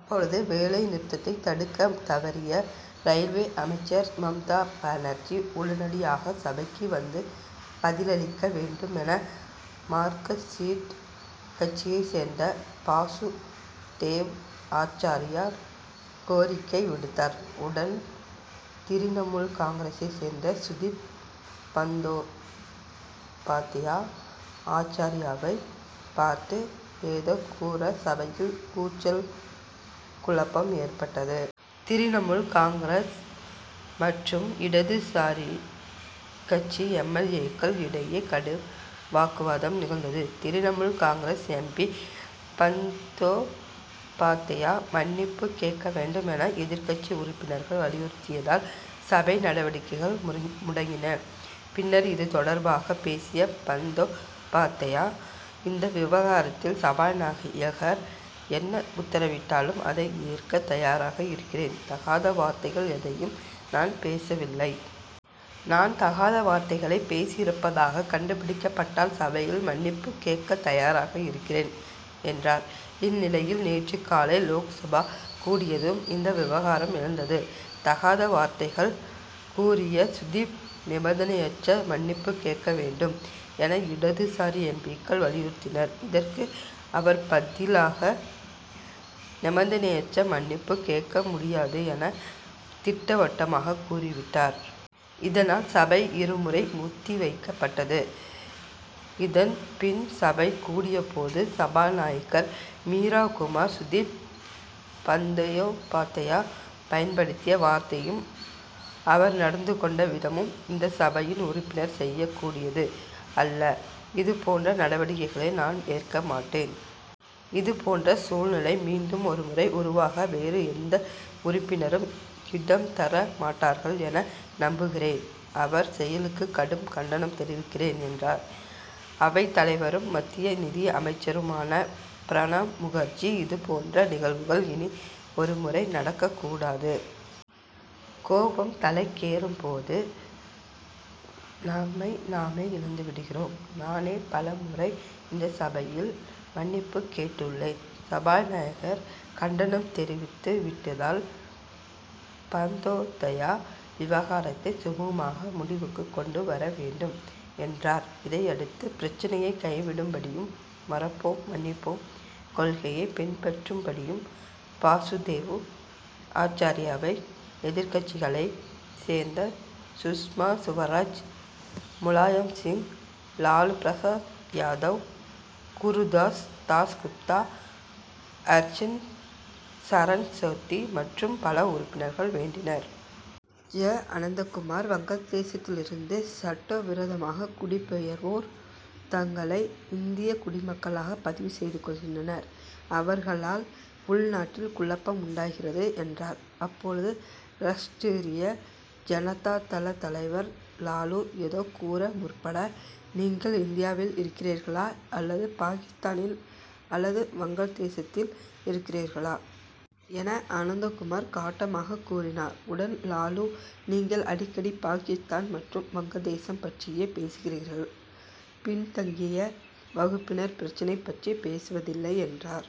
அப்போது வேலை நிறுத்தத்தை தடுக்கத் தவறிய ரயில்வே அமைச்சர் மம்தா பானர்ஜி உடனடியாக சபைக்கு வந்து பதிலளிக்க வேண்டும் என மார்க்கசிஸ்ட் கட்சியைச் சேர்ந்த பாசுதேவ் ஆச்சார்யா கோரிக்கை விடுத்தார். உடன் திரிணமுல் காங்கிரசைச் சேர்ந்த சுதிப் பந்தோபாத்யா ஆச்சார்யாவைப் பார்த்து ஏதோ கூற சபையில் கூச்சல் குழப்பம் ஏற்பட்டது. திரிணமுல் காங்கிரஸ் மற்றும் இடதுசாரி கட்சி எம். எல் ஏ க்கள் இடையே கடும் வாக்குவாதம் நிகழ்ந்தது. திரிணமுல் காங்கிரஸ் எம். பி. பந்தோபாத்யா மன்னிப்பு கேட்க வேண்டும் என எதிர்க்கட்சி உறுப்பினர்கள் வலியுறுத்தியதால் சபை நடவடிக்கைகள் முடங்கின. பின்னர் இது தொடர்பாக பேசிய பந்தோபாத்யா இந்த விவகாரத்தில் சபாநாயகர் என்ன உத்தரவிட்டாலும் அதை ஏற்க தயாராக இருக்கிறேன் தகாத வார்த்தைகள் எதையும் நான் பேசவில்லை. நான் தகாத வார்த்தைகளை பேசியிப்பதாக கண்டுபிடிக்கப்பட்டால் சபையில் மன்னிப்பு கேட்கத் தயாராக இருக்கிறேன் என்றார். இந்நிலையில் நேற்று காலை லோக்சபா கூடியதும் இந்த விவகாரம் எழுந்தது. தகாத வார்த்தைகள் கூறிய சுதிப் நிபந்தனையற்ற மன்னிப்பு கேட்க வேண்டும் என இடதுசாரி எம். பி.க்கள் வலியுறுத்தினர். இதற்கு அவர் பதிலாக நிபந்தனையற்ற மன்னிப்பு கேட்க முடியாது என திட்டவட்டமாகக் கூறிவிட்டார். இதனால் சபை இரு முறை ஒத்தி வைக்கப்பட்டது. இதன் பின் சபை கூடியபோது சபாநாயகர் மீரா குமார் சுதிப் பந்தோபாத்யா பயன்படுத்திய வார்த்தையும் அவர் நடந்து கொண்ட விதமும் இந்த சபையின் உறுப்பினர் செய்யக் கூடியது அல்லது இது போன்ற நடவடிக்கைகளை நான் ஏற்க மாட்டேன். இது போன்ற சூழ்நிலை மீண்டும் ஒரு முறை உருவாக வேறு எந்த உறுப்பினரும் இடம் தர மாட்டார்கள் என நம்புகிறேன். அவர் செயலுக்கு கடும் கண்டனம் தெரிவிக்கிறேன் என்றார். அவைத் தலைவரும் மத்திய நிதி அமைச்சருமான பிரணாப் முகர்ஜி இதுபோன்ற நிகழ்வுகள் இனி ஒரு முறை நடக்கக்கூடாது. கோபம் தலைக்கேறும் போது நம்மை நாமே இழந்து விடுகிறோம். நானே பல முறை இந்த சபையில் மன்னிப்பு கேட்டுள்ளேன். சபாநாயகர் கண்டனம் தெரிவித்து விட்டதால் பந்தோதயா விவகாரத்தை சுமூகமாக முடிவுக்கு கொண்டு வர வேண்டும் என்றார். இதையடுத்து பிரச்னையை கைவிடும்படியும் மறப்போம் மன்னிப்போம் கொள்கையை பின்பற்றும்படியும் பாசுதேவ் ஆச்சார்யாவை எதிர்க்கட்சிகளைச் சேர்ந்த சுஷ்மா சுவராஜ் முலாயம் சிங் லாலு பிரசாத் யாதவ் குருதாஸ் தாஸ் குப்தா அர்ஜுன் சரண் சோத்தி மற்றும் பல உறுப்பினர்கள் வேண்டினர். ஜ. அனந்தகுமார் வங்கதேசத்தில் இருந்து சட்ட விரோதமாக குடிபெயர்வோர் தங்களை இந்திய குடிமக்களாக பதிவு செய்து கொள்கின்றனர். அவர்களால் உள்நாட்டில் குழப்பம் உண்டாகிறது என்றார். அப்போது ரஷ்டிரிய ஜனதா தள தலைவர் லாலு ஏதோ கூற முற்பட நீங்கள் இந்தியாவில் இருக்கிறீர்களா அல்லது பாகிஸ்தானில் அல்லது வங்கதேசத்தில் இருக்கிறீர்களா? என அனந்தகுமார் காட்டமாகக் கூறினார். உடன் லாலு நீங்கள் அடிக்கடி பாகிஸ்தான் மற்றும் வங்கதேசம் பற்றியே பேசுகிறீர்கள் பின்தங்கிய வகுப்பினர் பிரச்னை பற்றி பேசுவதில்லை என்றார்.